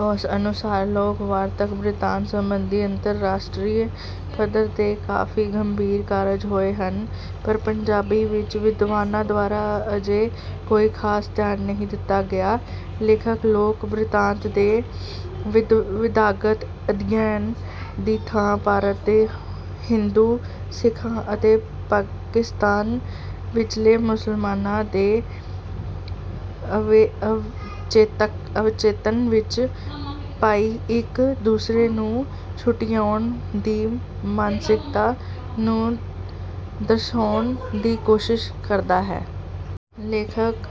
ਉਸ ਅਨੁਸਾਰ ਲੋਕ ਵਾਰਤਕ ਬ੍ਰਿਤਾਂਤ ਸੰਬੰਧੀ ਅੰਤਰ ਰਾਸ਼ਟਰੀ ਪੱਧਰ ਤੇ ਕਾਫ਼ੀ ਗੰਭੀਰ ਕਾਰਜ ਹੋਏ ਹਨ ਪਰ ਪੰਜਾਬੀ ਵਿੱਚ ਵਿਦਵਾਨਾਂ ਦੁਆਰਾ ਅਜੇ ਕੋਈ ਖਾਸ ਧਿਆਨ ਨਹੀਂ ਦਿੱਤਾ ਗਿਆ। ਲੇਖਕ ਲੋਕ ਬ੍ਰਿਤਾਂਤ ਦੇ ਵਿਧਾਗਤ ਅਧਿਐਨ ਦੀ ਥਾਂ ਭਾਰਤ ਦੇ ਹਿੰਦੂ ਸਿੱਖਾਂ ਅਤੇ ਪਾਕਿਸਤਾਨ ਵਿੱਚਲੇ ਮੁਸਲਮਾਨਾਂ ਦੇ ਅਵਚੇਤਨ ਵਿੱਚ ਪਈ ਇੱਕ ਦੂਸਰੇ ਨੂੰ ਛੁਟਿਆਉਣ ਦੀ ਮਾਨਸਿਕਤਾ ਨੂੰ ਦਰਸਾਉਣ ਦੀ ਕੋਸ਼ਿਸ਼ ਕਰਦਾ ਹੈ। ਲੇਖਕ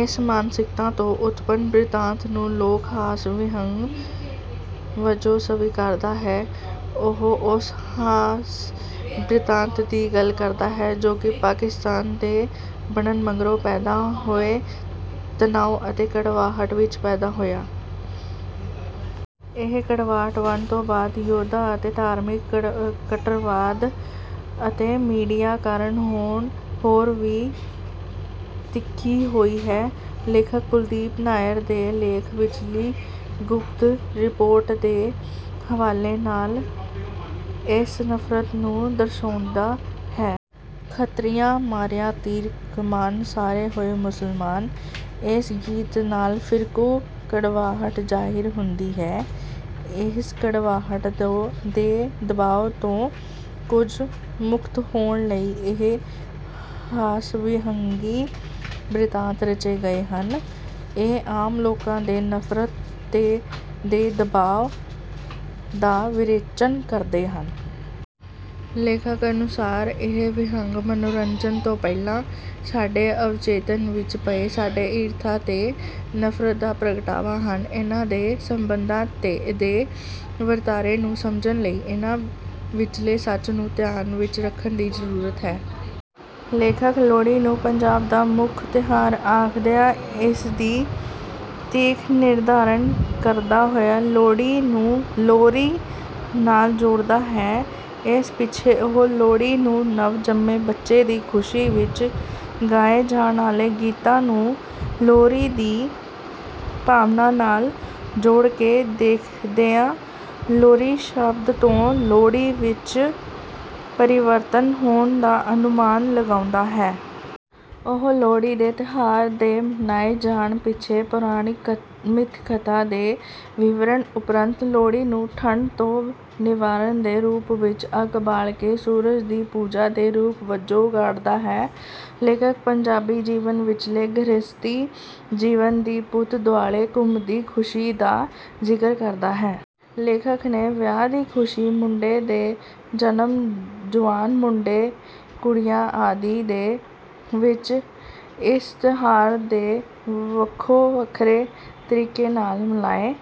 ਇਸ ਮਾਨਸਿਕਤਾ ਤੋਂ ਉਤਪੰਨ ਬ੍ਰਿਤਾਂਤ ਨੂੰ ਲੋਕ ਹਾਸ ਵਿਅੰਗ ਵਜੋਂ ਸਵੀਕਾਰਦਾ ਹੈ। ਉਹ ਉਸ ਹਾਸ ਬ੍ਰਿਤਾਂਤ ਦੀ ਗੱਲ ਕਰਦਾ ਹੈ ਜੋ ਕਿ ਪਾਕਿਸਤਾਨ ਦੇ ਬਣਨ ਮਗਰੋਂ ਪੈਦਾ ਹੋਏ ਤਨਾਉ ਅਤੇ ਕੜਵਾਹਟ ਵਿੱਚੋਂ ਪੈਦਾ ਹੋਇਆ। ਇਹ ਕੜਵਾਹਟ ਵੰਡ ਤੋਂ ਬਾਅਦ ਯੁੱਧਾਂ ਅਤੇ ਧਾਰਮਿਕ ਕੱਟੜਵਾਦ ਅਤੇ ਮੀਡੀਆ ਕਾਰਨ ਹੋਰ ਵੀ ਤਿੱਖੀ ਹੋਈ ਹੈ। ਲੇਖਕ ਕੁਲਦੀਪ ਨਈਅਰ ਦੇ ਲੇਖ ਵਿੱਚਲੀ ਗੁਪਤ ਰਿਪੋਰਟ ਦੇ ਹਵਾਲੇ ਨਾਲ ਇਸ ਨਫ਼ਰਤ ਨੂੰ ਦਰਸਾਉਂਦਾ ਹੈ। ਖੱਤਰੀਆਂ ਮਾਰਿਆ ਤੀਰ ਕਮਾਨ ਸਾਰੇ ਹੋਏ ਮੁਸਲਮਾਨ ਇਸ ਗੀਤ ਨਾਲ ਫ਼ਿਰਕੂ ਕੜਵਾਹਟ ਜ਼ਾਹਿਰ ਹੁੰਦੀ ਹੈ। ਇਸ ਕੜਵਾਹਟ ਦੇ ਦਬਾਅ ਤੋਂ ਕੁਝ ਮੁਕਤ ਹੋਣ ਲਈ ਇਹ ਹਾਸ ਵਿਅੰਗੀ ਬ੍ਰਿਤਾਂਤ ਰਚੇ ਗਏ ਹਨ। ਇਹ ਆਮ ਲੋਕਾਂ ਦੇ ਨਫ਼ਰਤ ਦੇ ਦਬਾਅ ਦਾ ਵਿਰੇਚਨ ਕਰਦੇ ਹਨ। ਲੇਖਕ ਅਨੁਸਾਰ ਇਹ ਵਿਅੰਗ ਮਨੋਰੰਜਨ ਤੋਂ ਪਹਿਲਾਂ ਸਾਡੇ ਅਵਚੇਤਨ ਵਿੱਚ ਪਏ ਸਾੜੇ ਈਰਖਾ ਤੇ ਨਫ਼ਰਤ ਦਾ ਪ੍ਰਗਟਾਵਾ ਹਨ। ਇਨ੍ਹਾਂ ਦੇ ਸੰਬੰਧਾਂ ਦੇ ਵਰਤਾਰੇ ਨੂੰ ਸਮਝਣ ਲਈ ਇਨ੍ਹਾਂ ਵਿੱਚਲੇ ਸੱਚ ਨੂੰ ਧਿਆਨ ਵਿੱਚ ਰੱਖਣ ਦੀ ਜ਼ਰੂਰਤ ਹੈ। ਲੇਖਕ ਲੋਹੜੀ ਨੂੰ ਪੰਜਾਬ ਦਾ ਮੁੱਖ ਤਿਉਹਾਰ ਆਖਦਿਆਂ ਇਸਦੀ ਤਿੱਥ ਨਿਰਧਾਰਨ ਕਰਦਾ ਹੋਇਆ ਲੋਹੜੀ ਨੂੰ ਲੋਰੀ ਨਾਲ ਜੋੜਦਾ ਹੈ। ਇਸ ਪਿੱਛੇ ਉਹ ਲੋਹੜੀ ਨੂੰ ਨਵ ਜੰਮੇ ਬੱਚੇ ਦੀ ਖੁਸ਼ੀ ਵਿੱਚ ਗਾਏ ਜਾਣ ਵਾਲੇ ਗੀਤਾਂ ਨੂੰ ਲੋਰੀ ਦੀ ਭਾਵਨਾ ਨਾਲ ਜੋੜਕੇ ਦੇਖਦਿਆਂ ਲੋਰੀ ਸ਼ਬਦ ਤੋਂ ਲੋਹੜੀ ਵਿੱਚ ਪਰਿਵਰਤਨ ਹੋਣ ਦਾ ਅਨੁਮਾਨ ਲਗਾਉਂਦਾ ਹੈ। ਉਹ ਲੋਹੜੀ ਦੇ ਤਿਉਹਾਰ ਦੇ ਮਨਾਏ ਜਾਣ ਪਿੱਛੇ ਪੌਰਾਣਿਕ ਮਿੱਥ ਕਥਾ ਦੇ ਵਿਵਰਣ ਉਪਰੰਤ ਲੋਹੜੀ ਨੂੰ ਠੰਢ ਤੋਂ ਨਿਵਾਰਨ ਦੇ ਰੂਪ ਵਿੱਚ ਅੱਗ ਬਾਲਕੇ ਸੂਰਜ ਦੀ ਪੂਜਾ ਦੇ ਰੂਪ ਵਜੋਂ ਉਘਾੜਦਾ ਹੈ। ਲੇਖਕ ਪੰਜਾਬੀ ਜੀਵਨ ਵਿੱਚਲੇ ਗ੍ਰਹਿਸਥੀ ਜੀਵਨ ਦੀ ਪੁੱਤ ਦੁਆਲੇ ਘੁੰਮਦੀ ਖੁਸ਼ੀ ਦਾ ਜ਼ਿਕਰ ਕਰਦਾ ਹੈ। ਲੇਖਕ ਨੇ ਵਿਆਹ ਦੀ ਖੁਸ਼ੀ ਮੁੰਡੇ ਦੇ ਜਨਮ ਜੁਆਨ ਮੁੰਡੇ ਕੁੜੀਆਂ ਆਦਿ ਦੇ ਵਿੱਚ ਇਸ ਤਿਉਹਾਰ ਦੇ ਵੱਖੋ ਵੱਖਰੇ ਤਰੀਕੇ ਨਾਲ ਮਨਾਏ